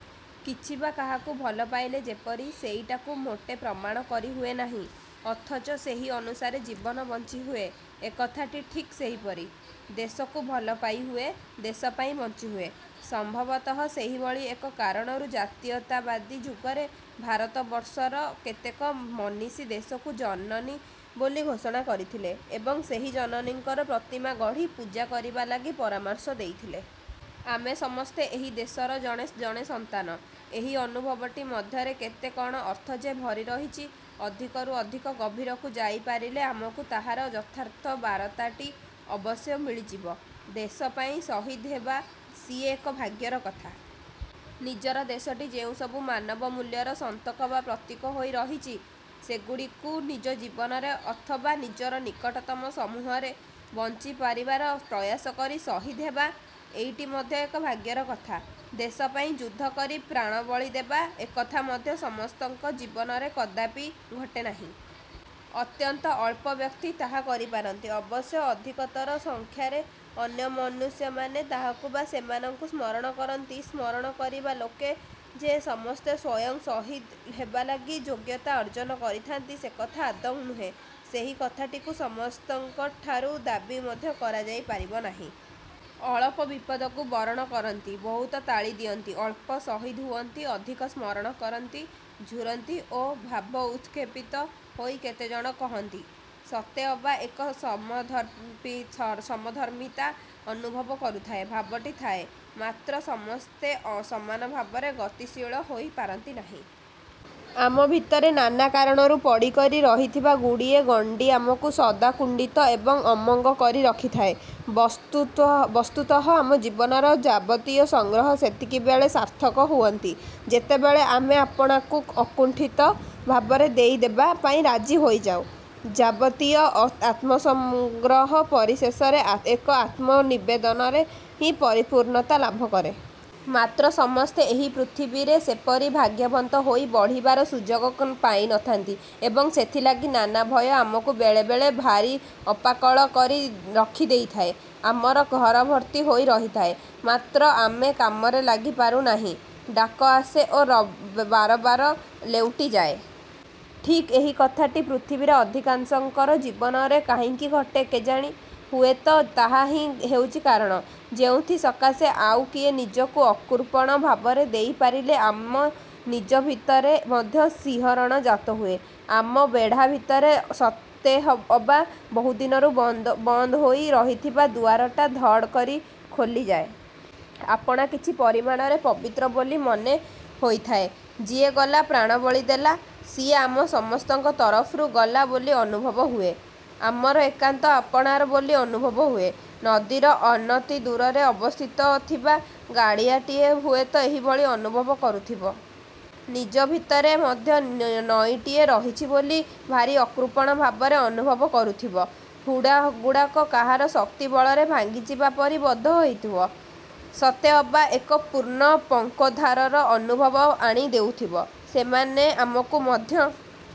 କିଛି ବା କାହାକୁ ଭଲ ପାଇଲେ ଯେପରି ସେଇଟାକୁ ମୋଟେ ପ୍ରମାଣ କରିହୁଏ ନାହିଁ ଅଥଚ ସେହି ଅନୁସାରେ ଜୀବନ ବଞ୍ଚିହୁଏ, ଏକଥାଟି ଠିକ୍ ସେହିପରି। ଦେଶକୁ ଭଲ ପାଇହୁଏ, ଦେଶ ପାଇଁ ବଞ୍ଚିହୁଏ। ସମ୍ଭବତଃ ସେହିଭଳି ଏକ କାରଣରୁ ଜାତୀୟତାବାଦୀ ଯୁଗରେ ଭାରତବର୍ଷର କେତେକ ମନୀଷୀ ଦେଶକୁ ଜନନୀ ବୋଲି ଘୋଷଣା କରିଥିଲେ ଏବଂ ସେହି ଜନନୀଙ୍କର ପ୍ରତିମା ଗଢ଼ି ପୂଜା କରିବା ଲାଗି ପରାମର୍ଶ ଦେଇଥିଲେ। ଆମେ ସମସ୍ତେ ଏହି ଦେଶର ଜଣେ ଜଣେ ସନ୍ତାନ, ଏହି ଅନୁଭବଟି ମଧ୍ୟରେ କେତେ କଣ ଅର୍ଥ ଯେ ଭରି ରହିଛି, ଅଧିକ ରୁ ଅଧିକ ଗଭୀରକୁ ଯାଇ ପାରିଲେ ଆମକୁ ତାହାର ଯଥାର୍ଥ ବାରତାଟି ଅବଶ୍ୟ ମିଳିଯିବ। ଦେଶ ପାଇଁ ସହିଦ ହେବା ସିଏ ଏକ ଭାଗ୍ୟର କଥା। ନିଜର ଦେଶଟି ଯେଉଁସବୁ ମାନବମୂଲ୍ୟର ସନ୍ତକ ବା ପ୍ରତୀକ ହୋଇ ରହିଛି, ସେଗୁଡ଼ିକୁ ନିଜ ଜୀବନରେ ଅଥବା ନିଜର ନିକଟତମ ସମୂହରେ ବଞ୍ଚି ପାରିବାର ପ୍ରୟାସ କରି ସହିଦ ହେବା, ଏଇଟି ମଧ୍ୟ ଏକ ଭାଗ୍ୟର କଥା। ଦେଶ ପାଇଁ ଯୁଦ୍ଧ କରି ପ୍ରାଣବଳି ଦେବା, ଏକଥା ମଧ୍ୟ ସମସ୍ତଙ୍କ ଜୀବନରେ କଦାପି ଘଟେ ନାହିଁ। ଅତ୍ୟନ୍ତ ଅଳ୍ପ ବ୍ୟକ୍ତି ତାହା କରିପାରନ୍ତି। ଅବଶ୍ୟ ଅଧିକତର ସଂଖ୍ୟାରେ ଅନ୍ୟ ମନୁଷ୍ୟମାନେ ତାହାକୁ ବା ସେମାନଙ୍କୁ ସ୍ମରଣ କରନ୍ତି। ସ୍ମରଣ କରିବା ଲୋକେ ଯେ ସମସ୍ତେ ସ୍ଵୟଂ ସହିଦ ହେବାଲାଗି ଯୋଗ୍ୟତା ଅର୍ଜନ କରିଥାନ୍ତି, ସେକଥା ଆଦୌ ନୁହେଁ। ସେହି କଥାଟିକୁ ସମସ୍ତଙ୍କ ଠାରୁ ଦାବି ମଧ୍ୟ କରାଯାଇ ପାରିବ ନାହିଁ। ଅଳପ ବିପଦକୁ ବରଣ କରନ୍ତି, ବହୁତ ତାଳି ଦିଅନ୍ତି, ଅଳ୍ପ ସହିଦ ହୁଅନ୍ତି, ଅଧିକ ସ୍ମରଣ କରନ୍ତି, ଝୁରନ୍ତି ଓ ଭାବ ଉତ୍କ୍ଷେପିତ ହୋଇ କେତେ କଣ କହନ୍ତି। ସତେ ଅବା ଏକ ସମଧପ୍ରି ସମଧର୍ମିତା ଅନୁଭବ କରୁଥାଏ। ଭାବଟି ଥାଏ, ମାତ୍ର ସମସ୍ତେ ସମାନ ଭାବରେ ଗତିଶୀଳ ହୋଇପାରନ୍ତି ନାହିଁ। ଆମ ଭିତରେ ନାନା କାରଣରୁ ପଡ଼ିକରି ରହିଥିବା ଗୁଡ଼ିଏ ଗଣ୍ଡି ଆମକୁ ସଦାକୁଣ୍ଡିତ ଏବଂ ଅମଙ୍ଗ କରି ରଖିଥାଏ। ବସ୍ତୁତ୍ୟ ବସ୍ତୁତଃ ଆମ ଜୀବନର ଯାବତୀୟ ସଂଗ୍ରହ ସେତିକିବେଳେ ସାର୍ଥକ ହୁଅନ୍ତି, ଯେତେବେଳେ ଆମେ ଆପଣାକୁ ଅକୁଣ୍ଠିତ ଭାବରେ ଦେଇଦେବା ପାଇଁ ରାଜି ହୋଇଯାଉ। ଯାବତୀୟ ଅ ଆତ୍ମସଂଗ୍ରହ ପରିଶେଷରେ ଏକ ଆତ୍ମନିବେଦନରେ ହିଁ ପରିପୂର୍ଣ୍ଣତା ଲାଭକରେ। ମାତ୍ର, ସମସ୍ତେ ଏହି ପୃଥିବୀରେ ସେପରି ଭାଗ୍ୟବନ୍ତ ହୋଇ ବଢ଼ିବାର ସୁଯୋଗ ପାଇନଥାନ୍ତି ଏବଂ ସେଥିଲାଗି ନାନା ଭୟ ଆମକୁ ବେଳେବେଳେ ଭାରି ଅପାକଳ କରି ରଖିଦେଇଥାଏ। ଆମର ଘର ଭର୍ତ୍ତି ହୋଇ ରହିଥାଏ, ମାତ୍ର ଆମେ କାମରେ ଲାଗି ପାରୁନାହିଁ। ଡାକ ଆସେ ଓ ବାରବାର ଲେଉଟିଯାଏ। ଠିକ୍ ଏହି କଥାଟି ପୃଥିବୀରେ ଅଧିକାଂଶଙ୍କର ଜୀବନରେ କାହିଁକି ଘଟେ କେଜାଣି? ହୁଏତ ତାହା ହିଁ ହେଉଛି କାରଣ, ଯେଉଁଥି ସକାଶେ ଆଉ କିଏ ନିଜକୁ ଅକୃପଣ ଭାବରେ ଦେଇପାରିଲେ ଆମ ନିଜ ଭିତରେ ମଧ୍ୟ ଶିହରଣ ଜାତହୁଏ, ଆମ ବେଢ଼ା ଭିତରେ ସତେଅବା ବହୁଦିନରୁ ବନ୍ଦ ବନ୍ଦ ହୋଇ ରହିଥିବା ଦୁଆରଟା ଧଡ଼ କରି ଖୋଲିଯାଏ। ଆପଣା କିଛି ପରିମାଣରେ ପବିତ୍ର ବୋଲି ମନେ ହୋଇଥାଏ। ଯିଏ ଗଲା ପ୍ରାଣବଳି ଦେଲା, ସିଏ ଆମ ସମସ୍ତଙ୍କ ତରଫରୁ ଗଲା ବୋଲି ଅନୁଭବ ହୁଏ। ଆମର ଏକାନ୍ତ ଆପଣାର ବୋଲି ଅନୁଭବ ହୁଏ। ନଦୀର ଅନତିଦୂରରେ ଅବସ୍ଥିତ ଥିବା ଗାଡ଼ିଆଟିଏ ହୁଏତ ଏହିଭଳି ଅନୁଭବ କରୁଥିବ। ନିଜ ଭିତରେ ମଧ୍ୟ ନଈଟିଏ ରହିଛି ବୋଲି ଭାରି ଅକୃପଣ ଭାବରେ ଅନୁଭବ କରୁଥିବ। ହୁଡ଼ାଗୁଡ଼ାକ କାହାର ଶକ୍ତିବଳରେ ଭାଙ୍ଗିଯିବା ପରି ବଧ ହେଉଥିବ। ସତେ ଅବା ଏକ ପୂର୍ଣ୍ଣ ପଙ୍କୋଦ୍ଧାରର ଅନୁଭବ ଆଣି ଦେଉଥିବ। ସେମାନେ ଆମକୁ ମଧ୍ୟ